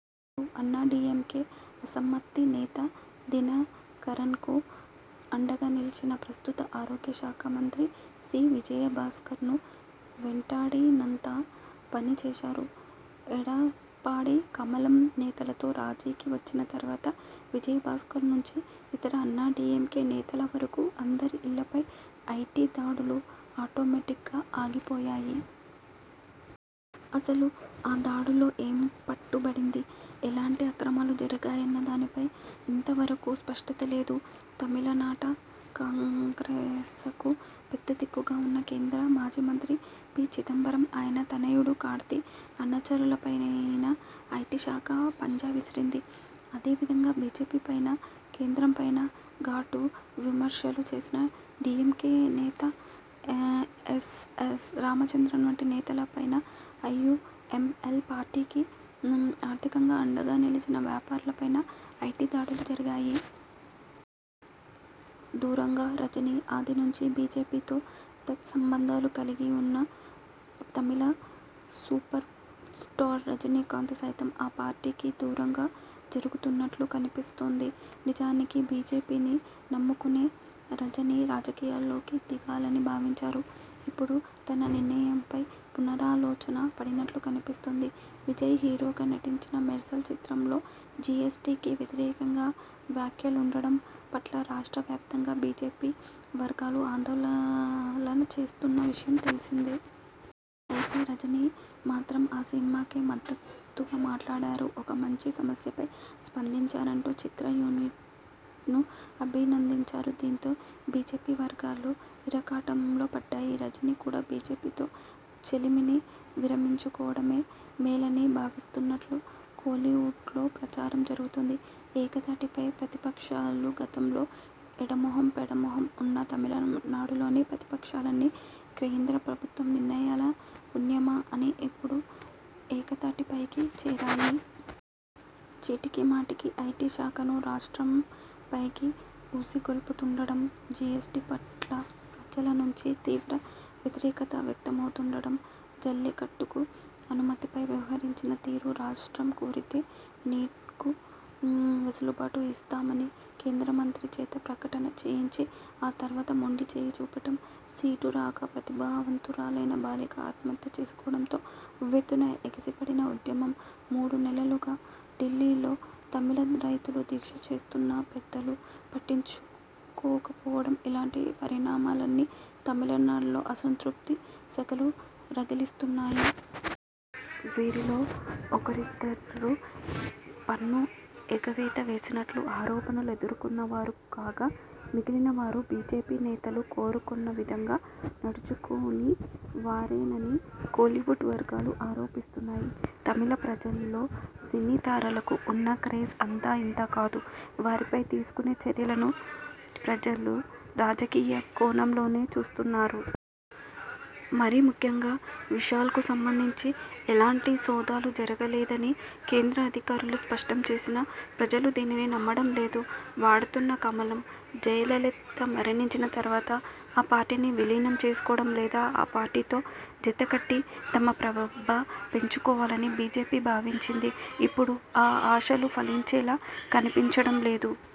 అన్నాడీఎంకే అసమ్మత్తి నేత దినకరన్కు అండగా నిలిచిన ప్రస్తుత ఆరోగ్యశాఖ మంత్రి సి. విజయ భాస్కర్ను వెంటాడినంత పని చేశారు. ఎడప్పాడి కమలం నేతలతో రాజీకి వచ్చిన తర్వాత విజయ భాస్కర్ నుంచి ఇతర అన్నాడీఎంకే నేతల వరకు అందరి ఇళ్లపై ఐటీ దాడులు ఆటోమేటిక్గా ఆగిపోయాయి. అసలు ఆ దాడుల్లో ఏం పట్టుబడింది, ఎలాంటి అక్రమాలు జరిగాయన్నదానిపై ఇంతవరకూ స్పష్టత లేదు. తమిళనాట కాంగ్రె్సకు పెద్దదిక్కుగా వున్న కేంద్ర మాజీమంత్రి పి. చిదంబరం, ఆయన తనయుడు కార్తీ, అనుచరులపైనా ఐటీశాఖ పంజా విసిరింది. అదే విధంగా బీజేపీపైనా, కేంద్రంపైనా ఘాటు విమర్శలు చేసిన డీఎంకే నేత ఎస్ఎస్ రామచంద్రన్ వంటి నేతలపైనా, ఐయూఎంఎల్ పార్టీకి ఆర్థికంగా అండగా నిలిచిన వ్యాపారులపైనా ఐటీ దాడులు జరిగాయి. దూరంగా రజనీ! ఆది నుంచి బీజేపీతో సత్సంబంధాలు కలిగివున్న తమిళ సూపర్స్టార్ రజనీకాంత్ సైతం ఆ పార్టీకి దూరంగా జరుగుతున్నట్లు కనిపిస్తోంది. నిజానికి బీజేపీని నమ్ముకునే రజనీ రాజకీయాల్లోకి దిగాలని భావించారు. ఇప్పుడు తన నిర్ణయంపై పునరాలోచనలో పడినట్లు కనిపిస్తోంది. విజయ్ హీరోగా నటించిన 'మెర్సల్' చిత్రంలో జీఎస్టీకి వ్యతిరేకంగా వ్యాఖ్యలుండడం పట్ల రాష్ట్ర వ్యాప్తంగా బీజేపీ వర్గాలు ఆందోళన చేస్తున్న విషయం తెలిసిందే. అయితే, రజనీ మాత్రం ఆ సినిమాకే మద్దతుగా మాట్లాడారు. ఒక మంచి సమస్యపై స్పందించారంటూ చిత్ర యూనిట్ను అభినందించారు. దీంతో బీజేపీ వర్గాలు ఇరకాటంలో పడ్డాయి. రజనీ కూడా బీజేపీతో చెలిమిని విరమించుకోవడమే మేలని భావిస్తున్నట్లు కోలీవుడ్లో ప్రచారం జరుగుతోంది. ఏకతాటిపై ప్రతిపక్షాలుగతంలో ఎడమొహం పెడమొహంగా ఉన్న తమిళనాడులోని ప్రతిపక్షాలన్నీ కేంద్ర ప్రభుత్వ నిర్ణయాల పుణ్యమా అని ఇప్పుడు ఏకతాటిపైకి చేరాయి. చీటికిమాటికీ ఐటీ శాఖను రాష్ట్రంపైకి ఉసిగొల్పుతుండడం, జీఎస్టీ పట్ల ప్రజల నుంచి తీవ్ర వ్యతిరేకత వ్యక్తమవుతుండడం, జల్లికట్టుకు అనుమతిపై వ్యవహరించిన తీరు, రాష్ట్రం కోరితే నీట్కు వెసులుబాటు ఇస్తామని కేంద్రమంత్రి చేత ప్రకటన చేయించి, ఆ తరువాత మొండిచేయి చూపడం, సీటు రాక ప్రతిభావంతురాలైన బాలిక ఆత్మహత్య చేసుకోవడంతో ఉవ్వెత్తున ఎగసిపడిన ఉద్యమం, మూడు నెలలుగా ఢిల్లీలో తమిళ రైతులు దీక్ష చేస్తున్నా పెద్దలు పట్టించుకోకపోవడం ఇలాంటి పరిణామాలన్నీ తమిళనాడులో అసంతృప్తి సెగలు రగిలిస్తున్నాయి. వీరిలో ఒకరిద్దరు పన్ను ఎగవేత వేసినట్లు ఆరోపణలు ఎదుర్కొన్నవారు కాగా మిగిలిన వారు బీజేపీ నేతలు కోరుకున్న విధంగా నడుచుకోని వారేనని కోలీవుడ్ వర్గాలు ఆరోపిస్తున్నాయి. తమిళ ప్రజల్లో సినీ తారలకు ఉన్న క్రేజ్ అంతా ఇంతా కాదు. వారిపై తీసుకునే చర్యలను ప్రజలు 'రాజకీయ కోణం'లోనే చూస్తున్నారు. మరీముఖ్యంగా విశాల్కు సంబంధించి ఎలాంటి సోదాలూ జరగలేదని కేంద్ర అధికారులు స్పష్టం చేసినా, ప్రజలు దీనిని నమ్మడంలేదు. వాడుతున్న కమలం! జయలలిత మరణించిన తరువాత ఆ పార్టీని విలీనం చేసుకోవడం, లేదా ఆ పార్టీతో జతకట్టి తమ ప్రభ పెంచుకోవాలని బీజేపీ భావించింది. ఇప్పుడు ఆ ఆశలు ఫలించేలా కనిపించడంలేదు.